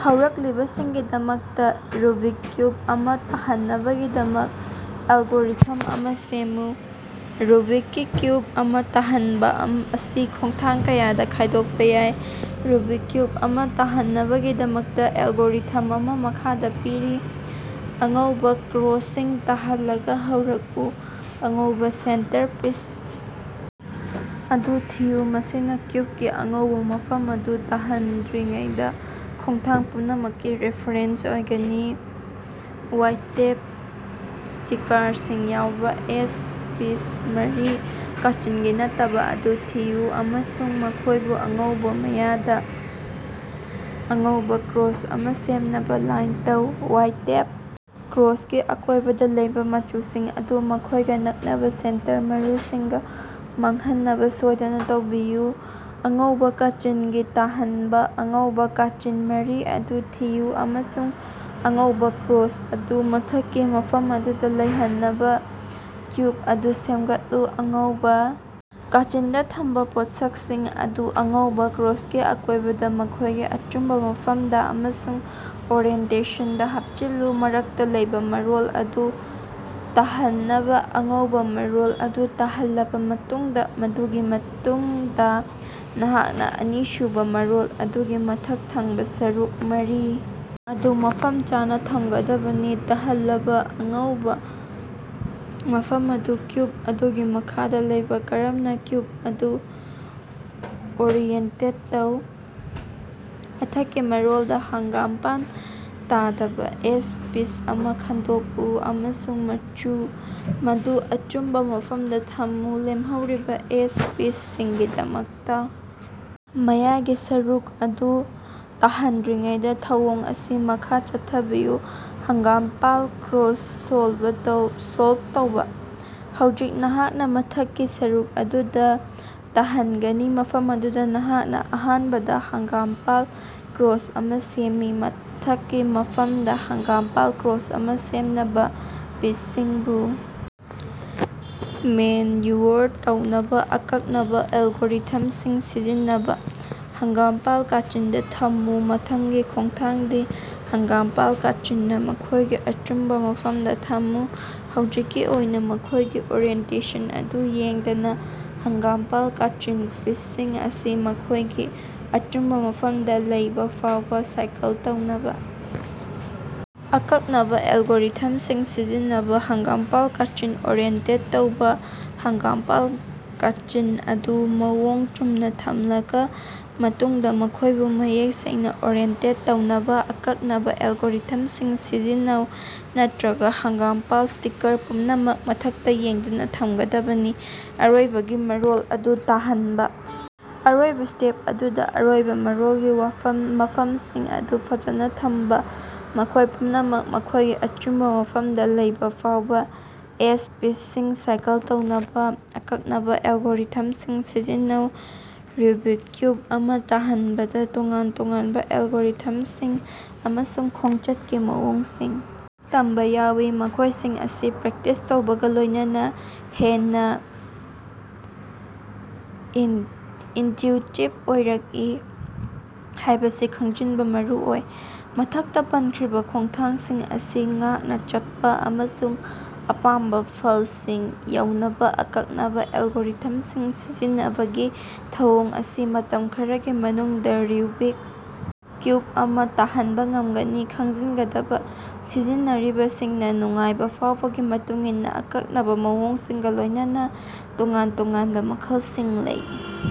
ꯍꯧꯔꯛꯂꯤꯕꯁꯤꯡꯒꯤꯗꯃꯛꯇ Rubik cube ꯑꯃ ꯇꯥꯍꯟꯅꯕꯒꯤꯗꯃꯛ algorithm ꯑꯃꯥ ꯁꯦꯝꯃꯨ꯫ ꯔꯨꯕꯤꯛꯀꯤ ꯀ꯭ꯌꯨꯕ ꯑꯃꯥ ꯇꯥꯍꯟꯕ ꯑꯁꯤ ꯈꯣꯡꯊꯥꯡ ꯀꯌꯥꯗ ꯈꯥꯢꯗꯣꯛꯄ ꯌꯥꯏ꯫ ꯔꯨꯕꯤꯛ ꯀ꯭ꯌꯨꯕ ꯑꯃ ꯇꯥꯍꯟꯅꯕꯒꯤꯗꯃꯛꯇ ꯑꯦꯂꯒꯣꯔꯤꯊꯝ ꯑꯃ ꯃꯈꯥꯗ ꯄꯤꯔꯤ: ꯑꯉꯧꯕꯥ ꯀ꯭ꯔꯣꯁ ꯁꯤꯡ ꯇꯍꯜꯂꯒ ꯍꯧꯔꯛꯎ ꯑꯉꯧꯕꯥ ꯁꯦꯟꯇꯔ ꯄꯤꯁ ꯑꯗꯨ ꯊꯤꯌꯨ ꯃꯁꯤꯅ ꯀ꯭ꯌꯨꯕꯀꯤ ꯑꯉꯧꯕ ꯃꯐꯝ ꯑꯗꯨ ꯇꯥꯍꯟꯗ꯭ꯔꯤꯉꯩꯗ ꯈꯣꯡꯊꯥꯡ ꯄꯨꯝꯅꯃꯛꯀꯤ ꯔꯦꯐꯥꯔꯦꯟꯁ ꯑꯣꯏꯒꯅꯤ꯫ ꯋꯥꯏꯇꯦꯞ ꯁ꯭ꯇꯤꯀꯥꯔꯁꯤꯡ ꯌꯥꯎꯕ ꯑꯦꯖ ꯄꯤꯁ ꯃꯔꯤ ꯀꯥꯆꯤꯟꯒꯤ ꯅꯠꯇꯕ ꯑꯗꯨ ꯊꯤꯌꯨ ꯑꯃꯁꯨꯡ ꯃꯈꯣꯏꯕꯨ ꯑꯉꯧꯕ ꯃꯌꯥꯏꯗ ꯑꯉꯧꯕꯥ ꯀ꯭ꯔꯣꯁ ꯑꯃ ꯁꯦꯝꯅꯕꯥ ꯂꯥꯏꯟ ꯇꯧ꯫ ꯋꯥꯏꯇꯦꯞ ꯀ꯭ꯔꯣꯁꯀꯤ ꯑꯀꯣꯢꯕꯗ ꯂꯩꯕ ꯃꯆꯨꯁꯤꯡ ꯑꯗꯨ ꯃꯈꯣꯢꯒ ꯅꯛꯅꯕ ꯁꯦꯟꯇꯔ ꯃꯔꯨꯁꯤꯡꯒ ꯃꯥꯟꯅꯍꯟꯅꯕ ꯁꯣꯢꯗꯅ ꯇꯧꯕꯤꯌꯨ꯫ ꯑꯉꯧꯕꯥ ꯀꯥꯆꯤꯟꯒꯤ ꯇꯥꯍꯟꯕ: ꯑꯉꯧꯕꯥ ꯀꯥꯆꯤꯟ ꯃꯔꯤ ꯑꯗꯨ ꯊꯤꯌꯨ ꯑꯃꯁꯨꯡ ꯑꯉꯧꯕ ꯀ꯭ꯔꯣꯁ ꯑꯗꯨ ꯃꯊꯛꯀꯤ ꯃꯐꯝ ꯑꯗꯨꯗ ꯂꯩꯍꯟꯅꯕ ꯀ꯭ꯌꯨꯕ ꯑꯗꯨ ꯁꯦꯝꯒꯠꯂꯨ ꯫ ꯑꯉꯧꯕꯥ ꯀꯥꯆꯤꯟꯗ ꯊꯝꯕꯥ ꯄꯣꯠꯁꯛꯁꯤꯡ ꯑꯗꯨ ꯑꯉꯧꯕꯥ ꯀ꯭ꯔꯣꯁꯀꯤ ꯑꯀꯣꯢꯕꯗ ꯃꯈꯣꯢꯒꯤ ꯑꯆꯨꯝꯕ ꯃꯐꯝꯗ ꯑꯃꯁꯨꯡ ꯑꯣꯔꯤꯑꯦꯟꯇꯦꯁꯟꯗꯥ ꯍꯥꯞꯆꯤꯜꯂꯨ꯫ ꯃꯔꯛꯇ ꯂꯩꯕꯥ ꯃꯔꯣꯜ ꯑꯗꯨ ꯇꯍꯟꯅꯕ: ꯑꯉꯧꯕꯥ ꯃꯔꯣꯜ ꯑꯗꯨ ꯇꯥꯍꯜꯂꯕ ꯃꯇꯨꯡꯗ ꯃꯗꯨꯒꯤ ꯃꯇꯨꯡꯗ ꯅꯍꯥꯛꯅ ꯑꯅꯤꯁꯨꯕ ꯃꯔꯣꯜ ꯑꯗꯨꯒꯤ ꯃꯊꯛ ꯊꯪꯕ ꯁꯔꯨꯛ ꯃꯔꯤ ꯑꯗꯨ ꯃꯐꯝ ꯆꯥꯅ ꯊꯝꯒꯗꯕꯅꯤ꯫ ꯇꯍꯜꯂꯕ ꯑꯉꯧꯕꯥ ꯃꯐꯝ ꯑꯗꯨ ꯀ꯭ꯌꯨꯕ ꯑꯗꯨꯒꯤ ꯃꯈꯥꯗ ꯂꯩꯕ ꯃꯔꯝꯅ ꯀ꯭ꯌꯨꯕ ꯑꯗꯨ ꯑꯣꯔꯤꯑꯦꯟꯇꯦꯠ ꯇꯧ꯫ ꯃꯊꯛꯀꯤ ꯃꯔꯣꯜꯗ ꯍꯪꯒꯥꯝꯄꯥꯟ ꯇꯗꯕ ꯑꯦꯖ ꯄꯤꯁ ꯑꯃ ꯈꯪꯗꯣꯛꯎ ꯑꯃꯁꯨꯡ ꯃꯗꯨ ꯑꯆꯨꯝꯕ ꯃꯐꯝꯗ ꯊꯝꯃꯨ꯫ ꯂꯦꯝꯍꯧꯔꯤꯕ ꯑꯦꯖ ꯄꯤꯁꯁꯤꯡꯒꯤꯗꯃꯛꯇ ꯃꯌꯥꯏꯒꯤ ꯁꯔꯨꯛ ꯑꯗꯨ ꯇꯍꯟꯗ꯭ꯔꯤꯉꯩꯗꯥ ꯊꯧꯑꯣꯡ ꯑꯁꯤ ꯃꯈꯥ ꯆꯠꯊꯕꯤꯌꯨ꯫ ꯍꯪꯒꯥꯃꯄꯥꯜ ꯀ꯭ꯔꯣꯁ ꯁꯣꯜꯕ ꯇꯧꯕꯥ: ꯍꯧꯖꯤꯛ ꯅꯍꯥꯛꯅ ꯃꯊꯛꯀꯤ ꯁꯔꯨꯛ ꯑꯗꯨꯗ ꯇꯍꯟꯒꯅꯤ ꯃꯐꯝ ꯑꯗꯨꯗ ꯅꯍꯥꯛꯅ ꯑꯍꯥꯟꯕꯗ ꯍꯣꯒꯥꯃꯄꯥꯜ ꯀ꯭ꯔꯣꯁ ꯑꯃ ꯁꯦꯝꯒꯅꯤ꯫ ꯃꯊꯛꯀꯤ ꯃꯐꯝꯗ ꯍꯪꯒꯥꯃꯄꯥꯜ ꯀ꯭ꯔꯣꯁ ꯑꯃ ꯁꯦꯝꯅꯕ ꯄꯤꯁꯁꯤꯡꯕꯨ ꯃꯦꯟꯌꯨꯑꯣꯔ ꯇꯧꯅꯕ ꯑꯀꯛꯅꯕ ꯑꯦꯂꯒꯣꯔꯤꯊꯝꯁꯤꯡ ꯁꯤꯖꯤꯟꯅꯕ꯫ ꯍꯪꯒꯥꯃꯄꯥꯜ ꯀꯥꯆꯤꯟꯗ ꯊꯝꯃꯨ: ꯃꯊꯪꯒꯤ ꯈꯣꯡꯊꯥꯡꯗꯤ ꯍꯪꯒꯥꯃꯄꯥꯜ ꯀꯥꯆꯤꯟꯅ ꯃꯈꯣꯢꯒꯤ ꯑꯆꯨꯝꯕ ꯃꯐꯝꯗ ꯊꯝꯃꯨ ꯍꯧꯖꯤꯛꯀꯤ ꯑꯣꯏꯅ ꯃꯈꯣꯢꯒꯤ ꯑꯣꯔꯤꯑꯦꯟꯇꯦꯁꯟ ꯑꯗꯨ ꯌꯦꯡꯗꯅ꯫ ꯍꯪꯒꯥꯃꯄꯥꯜ ꯀꯥꯆꯤꯟ ꯄꯤꯁꯁꯤꯡ ꯑꯁꯤ ꯃꯈꯣꯢꯒꯤ ꯑꯆꯨꯝꯕ ꯃꯐꯝꯗ ꯂꯩꯕ ꯐꯥꯎꯕ ꯁꯥꯏꯀꯜ ꯇꯧꯅꯕ ꯑꯀꯛꯅꯕ ꯑꯦꯂꯒꯣꯔꯤꯊꯝꯁꯤꯡ ꯁꯤꯖꯤꯟꯅꯕ꯫ ꯍꯪꯒꯥꯃꯄꯥꯜ ꯀꯥꯆꯤꯟ ꯑꯣꯔꯤꯑꯦꯟꯇꯦꯠ ꯇꯧꯕꯥ: ꯍꯪꯒꯥꯃꯄꯥꯜ ꯀꯥꯆꯤꯟ ꯑꯗꯨ ꯃꯑꯣꯡ ꯆꯨꯝꯅ ꯊꯝꯂꯕ ꯃꯇꯨꯡꯗ ꯃꯈꯣꯢꯕꯨ ꯃꯌꯦꯛ ꯁꯦꯡꯅ ꯑꯣꯔꯤꯑꯦꯟꯇꯦꯠ ꯇꯧꯅꯕ ꯑꯀꯛꯅꯕ ꯑꯦꯂꯒꯣꯔꯤꯊꯝꯁꯤꯡ ꯁꯤꯖꯤꯟꯅꯧ ꯅꯠꯠꯔꯒ ꯍꯪꯒꯥꯃꯄꯥꯜ ꯁ꯭ꯇꯤꯀꯥꯔ ꯄꯨꯝꯅꯃꯛ ꯃꯊꯛꯇ ꯌꯦꯡꯗꯨꯅ ꯊꯝꯒꯗꯕꯅꯤ꯫ ꯑꯔꯣꯏꯕꯒꯤ ꯃꯔꯣꯜ ꯑꯗꯨ ꯇꯥꯍꯟꯕ: ꯑꯔꯣꯏꯕꯥ ꯁ꯭ꯇꯦꯞ ꯑꯗꯨꯗ ꯑꯔꯣꯏꯕꯥ ꯃꯔꯣꯜꯒꯤ ꯃꯐꯝꯁꯤꯡ ꯑꯗꯨ ꯐꯖꯥꯅ ꯊꯝꯕ꯫ ꯃꯈꯣꯢ ꯄꯨꯝꯅꯃꯛ ꯃꯈꯣꯢꯒꯤ ꯑꯆꯨꯝꯕ ꯃꯐꯝꯗ ꯂꯩꯕ ꯐꯥꯎꯕ ꯑꯦꯖ ꯄꯤꯁꯁꯤꯡ ꯁꯥꯏꯀꯜ ꯇꯧꯅꯕ ꯑꯀꯛꯅꯕ ꯑꯦꯂꯒꯣꯔꯤꯊꯝꯁꯤꯡ ꯁꯤꯖꯤꯟꯅꯧ꯫ ꯔꯨꯕꯤꯛ ꯀ꯭ꯌꯨꯕ ꯑꯃ ꯇꯍꯟꯕꯗ ꯇꯣꯉꯥꯟ ꯇꯣꯉꯥꯟꯕ ꯑꯦꯂꯒꯣꯔꯤꯊꯝꯁꯤꯡ ꯑꯃꯁꯨꯡ ꯈꯣꯡꯆꯠꯀꯤ ꯃꯑꯣꯡꯁꯤꯡ ꯇꯝꯕ ꯌꯥꯎꯏ ꯃꯈꯣꯢꯁꯤꯡ ꯑꯁꯤ ꯄ꯭ꯔꯦꯛꯇꯤꯁ ꯇꯧꯕꯒ ꯂꯣꯢꯅꯅꯥ ꯍꯦꯟꯅ ꯏꯟꯇꯌꯨꯏꯇꯤꯕ ꯑꯣꯏꯔꯛꯏ ꯍꯥꯢꯕꯁꯤ ꯈꯪꯖꯤꯟꯕ ꯃꯔꯨ ꯑꯣꯏ꯫ ꯃꯊꯛꯇꯥ ꯄꯟꯈ꯭ꯔꯤꯕ ꯈꯣꯡꯊꯥꯡꯁꯤꯡ ꯑꯁꯤ ꯉꯥꯛꯅ ꯆꯠꯄꯥ ꯑꯃꯁꯨꯡ ꯑꯄꯥꯝꯕꯥ ꯐꯜꯁꯤꯡ ꯌꯧꯅꯕꯥ ꯑꯀꯛꯅꯕꯥ ꯑꯦꯂꯒꯣꯔꯤꯊꯝꯁꯤꯡ ꯁꯤꯖꯤꯟꯅꯕꯒꯤ ꯊꯧꯑꯣꯡ ꯑꯁꯤꯅ ꯃꯇꯝ ꯈꯔꯒꯤ ꯃꯅꯨꯡꯗ ꯔꯨꯕꯤꯛ ꯀ꯭ꯌꯨꯕ ꯑꯃ ꯇꯥꯍꯟꯕ ꯉꯝꯒꯅꯤ꯫ ꯈꯪꯖꯤꯟꯒꯗꯕ ꯁꯤꯖꯤꯟꯅꯔꯤꯕꯁꯤꯡꯅ ꯅꯨꯡꯉꯥꯏꯕ ꯐꯥꯎꯕꯒꯤ ꯃꯇꯨꯡꯏꯟꯅ ꯑꯀꯛꯅꯕ ꯃꯑꯣꯡꯁꯤꯡꯒꯥ ꯂꯣꯢꯅꯅꯥ ꯇꯣꯉꯥꯟ-ꯇꯣꯉꯥꯟꯕ ꯃꯈꯜꯁꯤꯡ ꯂꯩ꯫